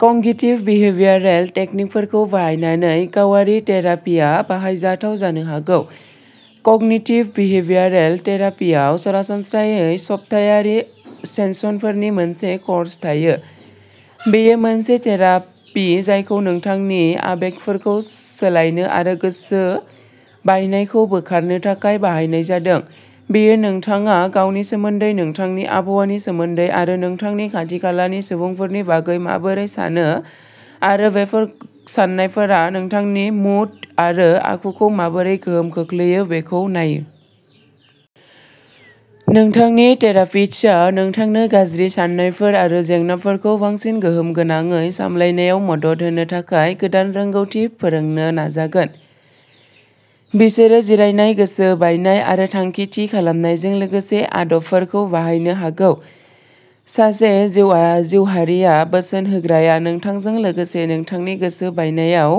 Cognitive behavioural टेकनिकफोरखौ बाहायनानै गावारि थेरापीआ बाहायजाथाव जानो हागौ। कग्निटिभ बिहेवियरल थेरापीआव सरासनस्रायै सप्तायारि सेसनफोरनि मोनसे कर्स थायो। बेयो मोनसे थेरापी जायखौ नोंथांनि आबेगफोरखौ सोलायनो आरो गोसो बायनायखौ बोखारनो थाखाय बानायनाय जादों। बेयो नोंथाङा गावनि सोमोन्दै, नोंथांनि आबहावानि सोमोन्दै आरो नोंथांनि खाथि-खालानि सुबुंफोरनि बागै माबोरै सानो आरो बेफोर साननायफोरा नोंथांनि मुड आरो आखुखौ माबोरै गोहोम खोख्लैयो बेखौ नायो। नोंथांनि थेरापिस्टआ नोंथांनो गाज्रि साननायफोर आरो जेंनाफोरखौ बांसिन गोहोम गोनाङै सामलायनायाव मदद होनो थाखाय गोदान रोंग'थि फोरोंनो नाजागोन। बिसोरो जिरायनाय, गोसो बायनाय आरो थांखि थि खालामनायजों लोगोसे आदबफोरखौ बाहायनो हागौ। सासे जिउराहायारि बोसोन होग्राया नोंथांजों लोगोसे नोंथांनि गोसो बायनायाव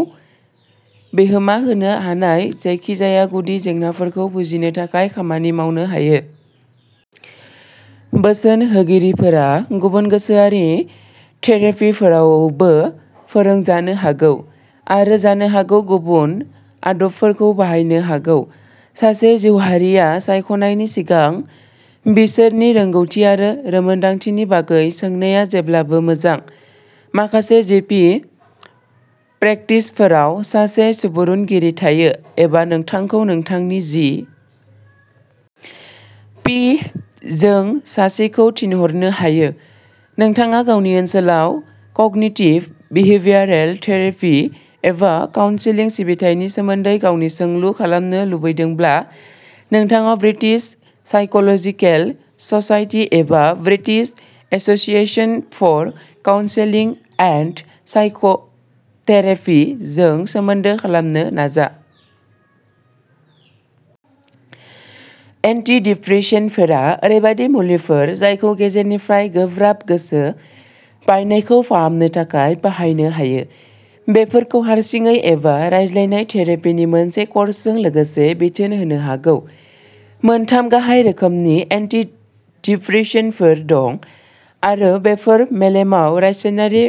बिहोमा होनो हानाय जायखिजाया गुदि जेंनाफोरखौ बुजिनो थाखाय खामानि मावनो हायो। बोसोन होगिरिफोरा गुबुन गोसोआरि थेरापीफोरावबो फोरोंजानो हागौ आरो जानो हागौ गुबुन आदबफोरखौ बाहायनो हागौ। सासे जिउराहायारि सायख'नायनि सिगां, बिसोरनि रोंग'थि आरो रोंमोनदांथिनि बागै सोंनाया जेब्लाबो मोजां। माखासे जि पि प्रेक्टिसफोराव सासे सुबुरुनगिरि थायो, एबा नोंथांखौ नोंथांनि जि पि जों सासेखौ थिनहरनो हायो। नोंथाङा गावनि ओनसोलाव कग्निटिभ बिहेवियर थेरापि एबा काउन्सेलिं सिबिथायनि सोमोन्दै गावनि सोंलु खालामनो लुबैदोंब्ला, नोंथाङा ब्रिटिश साइक'लजिकेल ससाइटि एबा British association for counselling and psychotherapy जों सोमोन्दो खालामनो नाजा। एन्टिडिप्रेसेन्टफोरा ओरैबायदि मुलिफोर जायखौ गेजेरनिफ्राय गोब्राब गोसो बायनायखौ फाहामनो थाखाय बाहायनो हायो। बेफोरखौ हारसिङै एबा रायज्लायनाय थेरापिनि मोनसे कर्सजों लोगोसे बिथोन होनो हागौ। मोन थाम गाहाय रोखोमनि एन्टिडिप्रेसेन्टफोर दं, आरो बेफोर मेलेमाव रासायनारि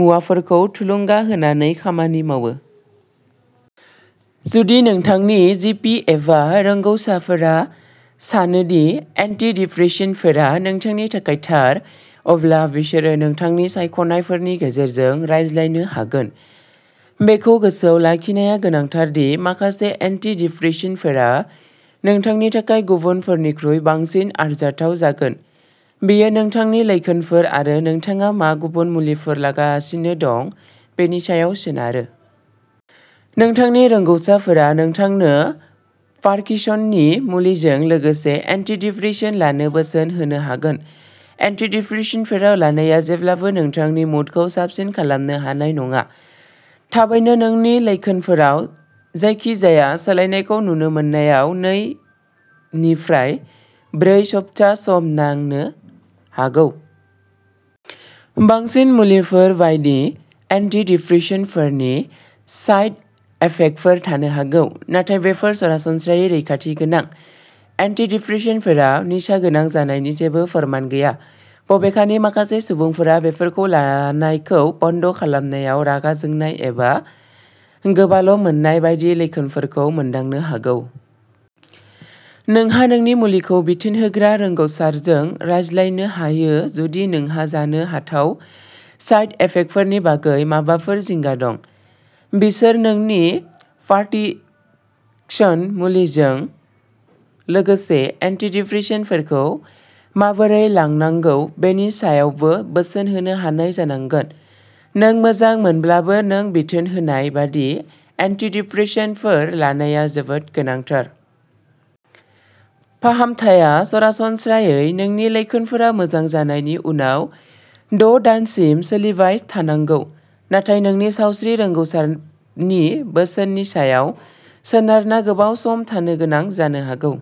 मुवाफोरखौ थुलुंगा होनानै खामानि मावो। जुदि नोंथांनि जि पि एबा रोंग'साफोरा सानो दि एन्टिडिप्रेसेन्टफोरा नोंथांनि थाखाय थार, अब्ला बिसोरो नोंथांनि सायख'नायफोरनि गेजेरजों रायज्लायनो हागोन। बेखौ गोसोआव लाखिनाया गोनांथार दि माखासे एन्टिडिप्रेसेन्टफोरा नोंथांनि थाखाय गुबुनफोरनिख्रुइ बांसिन आरजाथाव जागोन बेयो नोंथांनि लैखोनफोर आरो नोंथाङा मा गुबुन मुलिफोर लागासिनो दं बेनि सायाव सोनारो। नोंथांनि रोंग'साफोरा नोंथांनो पार्किनसननि मुलिजों लोगोसे एन्टिडिप्रेसेन्टफोर लानो बोसोन होनो हागोन। एन्टिडिप्रेसेन्टफोर लानाया जेब्लाबो नोंथांनि मुडखौ साबसिन खालामनो हानाय नङा। थाबैनो नोंनि लैखोनफोराव जायखिजाया सोलायनायखौ नुनो मोननायाव नै निफ्राय ब्रै सप्ता सम नांनो हागौ। बांसिन मुलिफोर बायदि, एन्टिदिप्रेसेन्टफोरनि साइड इफेक्टफोर थानो हागौ, नाथाय बेफोर सरासनस्रायै रैखाथि गोनां। एन्टिदिप्रेसेन्टफोरा निसा गोनां जानायनि जेबो फोरमान गैया, बबेखानि माखासे सुबुंफोरा बेफोरखौ लानायखौ बन्द खालामनायाव रागा जोंनाय एबा गोबाल' मोननाय बायदि लैखोनफोरखौ मोनदांनो हागौ। नोंहा नोंनि मुलिखौ बिथोन होग्रा रोंग'सारजों रायज्लायनो हायो जुदि नोंहा जानो हाथाव साइड इफेक्टफोरनि बागै माबाफोर जिंगा दं। बिसोर नोंनि पार्किनसन मुलिजों लोगोसे एन्टिदिप्रेसेन्टफोरखौ माबोरै लानांगौ बेनि सायावबो बोसोन होनो हानाय जानांगौ। नों मोजां मोनब्लाबो, नों बिथोन होनाय बायदि एन्टिदिप्रेसेन्टफोर लानाया जोबोद गोनांथार। फाहामथाया सरासनस्रायै नोंनि लैखोनफोरा मोजां जानायनि उनाव द' दानसिम सोलिबाय थानांगौ, नाथाय नोंनि सावस्रि रोंग'सारनि बोसोननि सायाव सोनारना गोबाव सम थानो गोनां जानो हागौ।